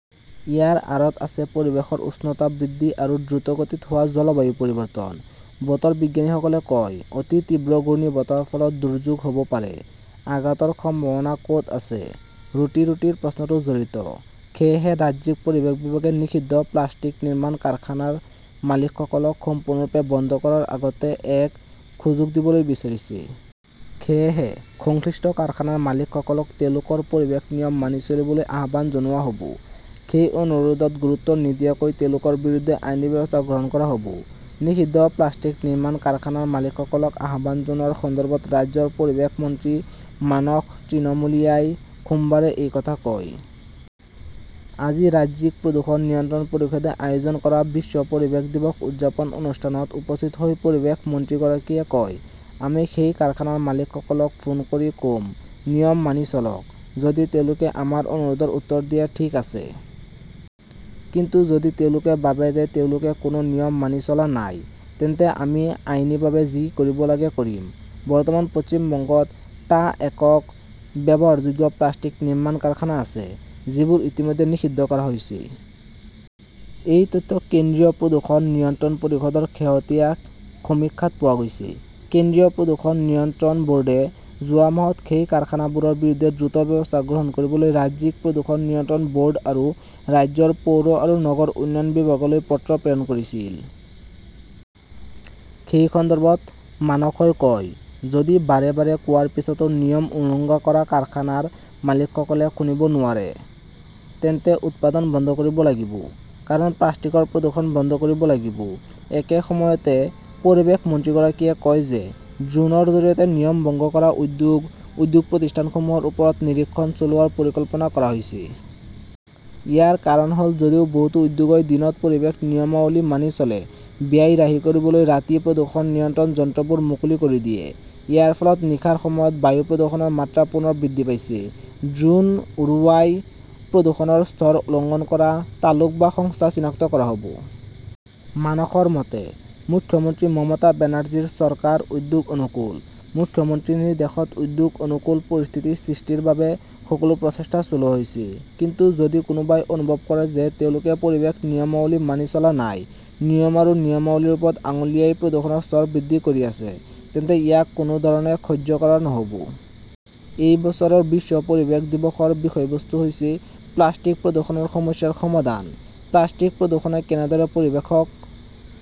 ইয়াৰ আঁৰত আছে পৰিৱেশৰ উষ্ণতা বৃদ্ধি আৰু দ্ৰুতগতিত হোৱা জলবায়ু পৰিৱৰ্তন, বতৰ বিজ্ঞানীসকলে কয়। অতি তীব্ৰ ঘূৰ্ণীবতাহৰ ফলত 'দুৰ্যোগ "হ" ব পাৰে! আঘাতৰ সম্ভাৱনা ক "ত আছে? ৰুটি-ৰুটিৰ প্ৰশ্নটো জড়িত। সেয়েহে, ৰাজ্যিক পৰিৱেশ বিভাগে নিষিদ্ধ প্লাষ্টিক নিৰ্মাণ কাৰখানাৰ মালিকসকলক সম্পূৰ্ণৰূপে বন্ধ কৰাৰ আগতে এক সুযোগ দিবলৈ বিচাৰিছে। সেয়েহে, সংশ্লিষ্ট কাৰখানাৰ মালিকসকলক তেওঁলোকৰ পৰিৱেশ নিয়ম মানি চলিবলৈ আহ্বান জনোৱা হ "ব। সেই অনুৰোধত গুৰুত্ব নিদিয়াকৈ তেওঁলোকৰ বিৰুদ্ধে আইনী ব্যৱস্থা গ্ৰহণ কৰা হ "ব। নিষিদ্ধ প্লাষ্টিক নিৰ্মাণ কাৰখানাৰ মালিকসকলক আহ্বান জনোৱাৰ সন্দৰ্ভত ৰাজ্যৰ পৰিৱেশ মন্ত্ৰী মানস তৃণমূলিয়াই সোমবাৰে এই কথা কয়। আজি ৰাজ্যিক প্ৰদূষণ নিয়ন্ত্ৰণ পৰিষদে আয়োজন কৰা বিশ্ব পৰিৱেশ দিৱস উদযাপন অনুষ্ঠানত উপস্থিত হৈ পৰিৱেশ মন্ত্ৰীগৰাকীয়ে কয়, "আমি সেই কাৰখানাৰ মালিকসকলক ফোন কৰি ক" ম, নিয়ম মানি চলক। যদি তেওঁলোকে আমাৰ অনুৰোধৰ উত্তৰ দিয়ে, ঠিক আছে। কিন্তু যদি তেওঁলোকে ভাবে যে তেওঁলোকে কোনো নিয়ম মানি চলা নাই, তেন্তে আমি আইনীভাৱে যি কৰিব লাগে কৰিম। "বৰ্তমান পশ্চিম বংগত টা একক ব্যৱহাৰযোগ্য প্লাষ্টিক নিৰ্মাণ কাৰখানা আছে, যিবোৰ ইতিমধ্যে নিষিদ্ধ কৰা হৈছে। এই তথ্য কেন্দ্ৰীয় প্ৰদূষণ নিয়ন্ত্ৰণ পৰিষদৰ শেহতীয়া সমীক্ষাত পোৱা গৈছে। কেন্দ্ৰীয় প্ৰদূষণ নিয়ন্ত্ৰণ ব "ৰ্ডে যোৱা মাহত সেই কাৰখানাবোৰৰ বিৰুদ্ধে দ্ৰুত ব্যৱস্থা গ্ৰহণ কৰিবলৈ ৰাজ্যিক প্ৰদূষণ নিয়ন্ত্ৰণ ব" ৰ্ড আৰু ৰাজ্যৰ পৌৰ আৰু নগৰ উন্নয়ন বিভাগলৈ পত্ৰ প্ৰেৰণ কৰিছিল। সেই সন্দৰ্ভত মানসই কয়, "যদি বাৰে বাৰে কোৱাৰ পিছতো নিয়ম উলংঘা কৰা কাৰখানাৰ মালিকসকলে শুনিব নোৱাৰে, তেন্তে উৎপাদন বন্ধ কৰিব লাগিব। কাৰণ, প্লাষ্টিকৰ প্ৰদূষণ বন্ধ কৰিব লাগিব। "একে সময়তে, পৰিৱেশ মন্ত্ৰীগৰাকীয়ে কয় যে ড্ৰোনৰ জৰিয়তে নিয়ম ভংগ কৰা উদ্যোগ, উদ্যোগ প্ৰতিষ্ঠানসমূহৰ ওপৰত নিৰীক্ষণ চলোৱাৰ পৰিকল্পনা কৰা হৈছে। ইয়াৰ কাৰণ হ "ল, যদিও বহুতো উদ্যোগই দিনত পৰিৱেশ নিয়মাৱলী মানি চলে, ব্যয় ৰাহি কৰিবলৈ ৰাতি প্ৰদূষণ নিয়ন্ত্ৰণ যন্ত্ৰবোৰ মুকলি কৰি দিয়ে। ইয়াৰ ফলত নিশাৰ সময়ত বায়ু প্ৰদূষণৰ মাত্ৰা পুনৰ বৃদ্ধি পাইছে। ড্ৰোন উৰুৱাই প্ৰদূষণৰ স্তৰ উলংঘন কৰা তালুক বা সংস্থা চিনাক্ত কৰা হ "ব। মানসৰ মতে, "মুখ্যমন্ত্ৰী মমতা বেনাৰ্জীৰ চৰকাৰ উদ্যোগ অনুকূল। মুখ্যমন্ত্ৰীৰ নিৰ্দেশত উদ্যোগ-অনুকূল পৰিস্থিতি সৃষ্টিৰ বাবে সকলো প্ৰচেষ্টা চলোৱা হৈছে। কিন্তু যদি কোনোবাই অনুভৱ কৰে যে তেওঁলোকে পৰিৱেশ নিয়মাৱলী মানি চলা নাই, নিয়ম আৰু নিয়মাৱলীৰ ওপৰত আঙুলিয়াই প্ৰদূষণৰ স্তৰ বৃদ্ধি কৰি আছে, তেন্তে ইয়াক কোনো ধৰণে সহ্য কৰা নহ "ব। "এই বছৰৰ বিশ্ব পৰিৱেশ দিৱসৰ বিষয়বস্তু হৈছে 'প্লাষ্টিক-প্ৰদূষণৰ সমস্যাৰ সমাধান"। প্লাষ্টিক-প্ৰদূষণে কেনেদৰে পৰিৱেশক